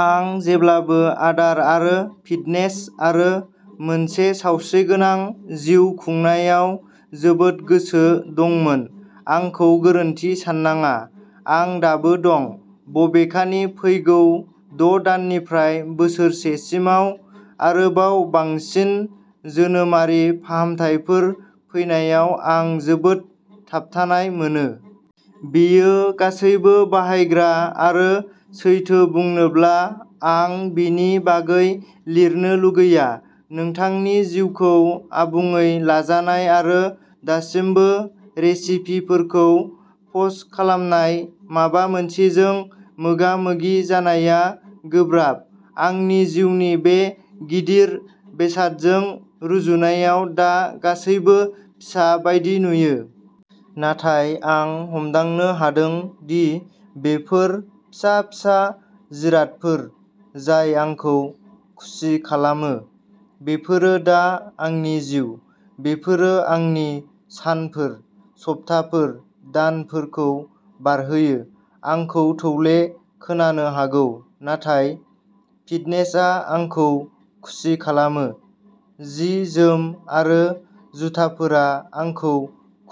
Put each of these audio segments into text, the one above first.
आं जेब्लाबो आदार आरो फिटनेस आरो मोनसे सावस्रिगोनां जिउ खुंनायाव जोबोद गोसो दंमोन। आंखौ गोरोन्थि साननाङा, आं दाबो दं। बबेखानि, फैगौ द‘ दाननिफ्राय बोसोरसेसिमाव आरोबाव बांसिन जोनोमारि फाहामथायफोर फैनायाव, आं जोबोद थाबथानाय मोनो। बेयो गासैबो बाहायग्रा आरो सैथो बुंनोब्ला, आं बेनि बागै लिरनो लुगैया। नोंथांनि जिउखौ आबुङै लाजानाय आरो दासिमबो रेसिपिफोरखौ पस्ट खालामनाय माबा मोनसेजों मोगा-मोगि जानाया गोब्राब। आंनि जिउनि बे गिदिर बेसादजों रुजुनायाव दा गासैबो फिसा बायदि नुयो। नाथाय, आं हमदांनो हादों दि बेफोर फिसा फिसा जिरादफोर जाय आंखौ खुसि खालामो बेफोरो दा आंनि जिउ। बेफोरो आंनि सानफोर, सप्ताफोर, दानफोरखौ बारहोयो। आंखौ थौले खोनानो हागौ, नाथाय फिटनेसआ आंखौ खुसि खालामो। जि-जोम आरो जुथाफोरा आंखौ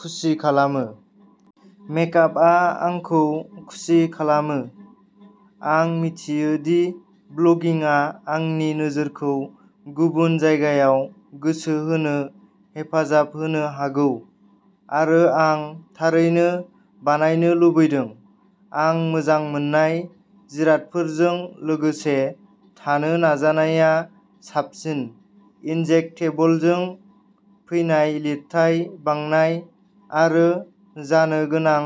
खुसि खालामो। मेकआपआ आंखौ खुसि खालामो आं मिथियो दि ब्लगिंआ आंनि नोजोरखौ गुबुन जायगायाव गोसो होनो हेफाजाब होनो हागौ आरो आं थारैनो बानायनो लुबैदों। आं मोजां मोननाय जिरादफोरजों लोगोसे थानो नाजानाया साबसिन। इनजेक्टेबलजों फैनाय लिरथाय बांनाय आरो जानो गोनां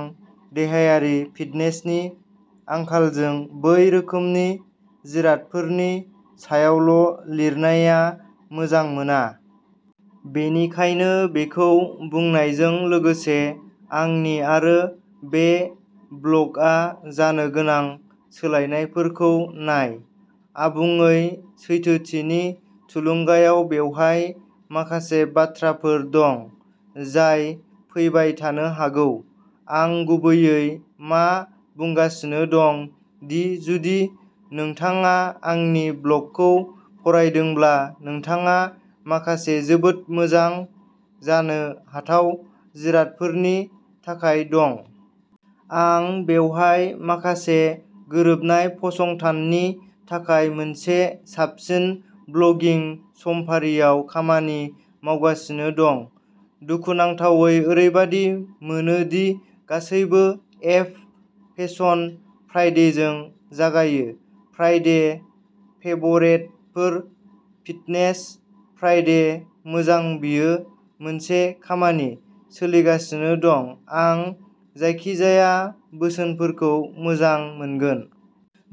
देहायारि फिटनेसनि आंखालजों, बै रोखोमनि जिरादफोरनि सायावल' लिरनाया मोजां मोना। बेनिखायनो बेखौ बुंनायजों लोगोसे, आंनि आरो बे ब्लगआ जानो गोनां सोलायनायफोरखौ नाय। आबुङै सैथोथिनि थुलुंगायाव बेवहाय माखासे बाथ्राफोर दं जाय फैबाय थानो हागौ। आं गुबैयै मा बुंगासिनो दं दि जुदि नोंथाङा आंनि ब्लगखौ फरायदोंब्ला नोंथाङा माखासे जोबोद मोजां जानो हाथाव जिरादफोरनि थाखाय दं। आं बेवहाय माखासे गोरोबनाय फसंथाननि थाखाय मोनसे साबसिन ब्लगिं समफारियाव खामानि मावगासिनो दं। दुखुनांथावै, ओरैबादि मोनो दि गासैबो एफ. फेसन फ्राइडेजों जागायो? फ्राइडे फेभरेटफोर? Fitness Friday? मोजां बेयो मोनसे खामानि सोलिगासिनो दं। आं जायखिजाया बोसोनफोरखौ मोजां मोनगोन।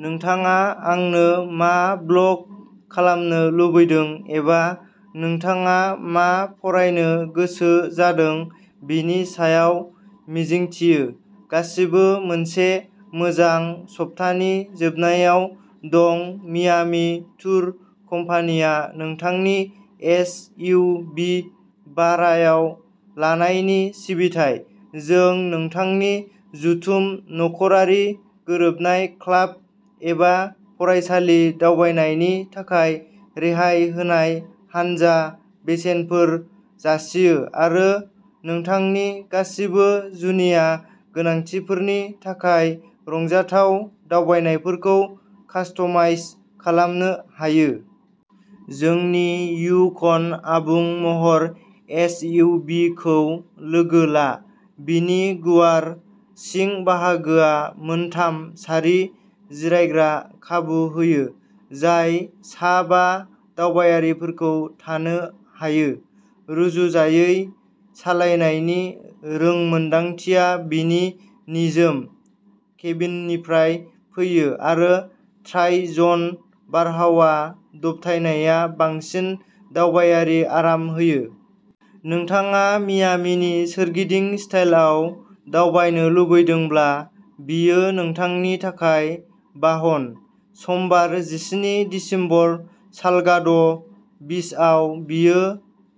नोंथाङा आंनो मा ब्ल'ग खालामनो लुबैदों एबा नोंथाङा मा फरायनो गोसो जादों बेनि सायाव मिजिंथियो गासिबो मोनसे मोजां सप्तानि जोबनायाव दं मियामी टुर कम्पानिया नोंथांनि एस. इउ. भि. भारायाव लानायनि सिबिथाय। जों नोंथांनि जथुम, नखरारि गोरोबनाय, क्लाब एबा फरायसालि दावबायनायनि थाखाय रेहाय होनाय हानजा बेसेनफोर जासियो आरो नोंथांनि गासिबो जुनिया गोनांथिफोरनि थाखाय रंजाथाव दावबायनायफोरखौ कास्टमाइज खालामनो हायो। जोंनि युकन आबुं महर एस. इउ. भि. खौ लोगो ला। बेनि गुवार सिं बाहागोआ मोनथाम सारि जिरायग्रा खाबु होयो जाय सा बा दावबायारिफोरखौ थानो हायो। रुजुजायै सालायनायनि रोंमोनदांथिया बेनि निजोम केबिननिफ्राय फैयो, आरो ट्राइ-जन बारहावा दबथायनाया बांसिन दावबायारि आराम होयो। नोंथाङा मियामीनि सोरगिदिं स्टाइलआव दावबायनो लुबैदोंब्ला, बेयो नोंथांनि थाखाय बाहन। समबार जिस्नि दिसेम्बर सालगाड' बीचआव। बेयो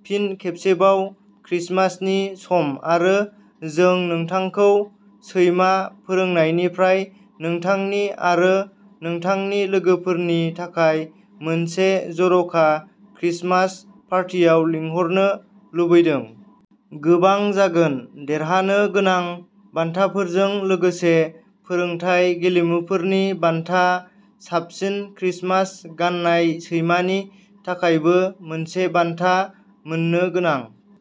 फिन खेबसेबाव क्रिसमासनि सम आरो जों नोंथांखौ सैमा फोरोंनायनिफ्राय नोंथांनि आरो नोंथांनि लोगोफोरनि थाखाय मोनसे जर'खा क्रिसमास पार्टियाव लिंहरनो लुबैदों। गोबां जागोन। देरहानो गोनां बान्थाफोरजों लोगोसे फोरोंथाय गेलेमुफोरनि बान्था। साबसिन क्रिसमास गाननाय सैमानि थाखायबो मोनसे बान्था मोननो गोनां।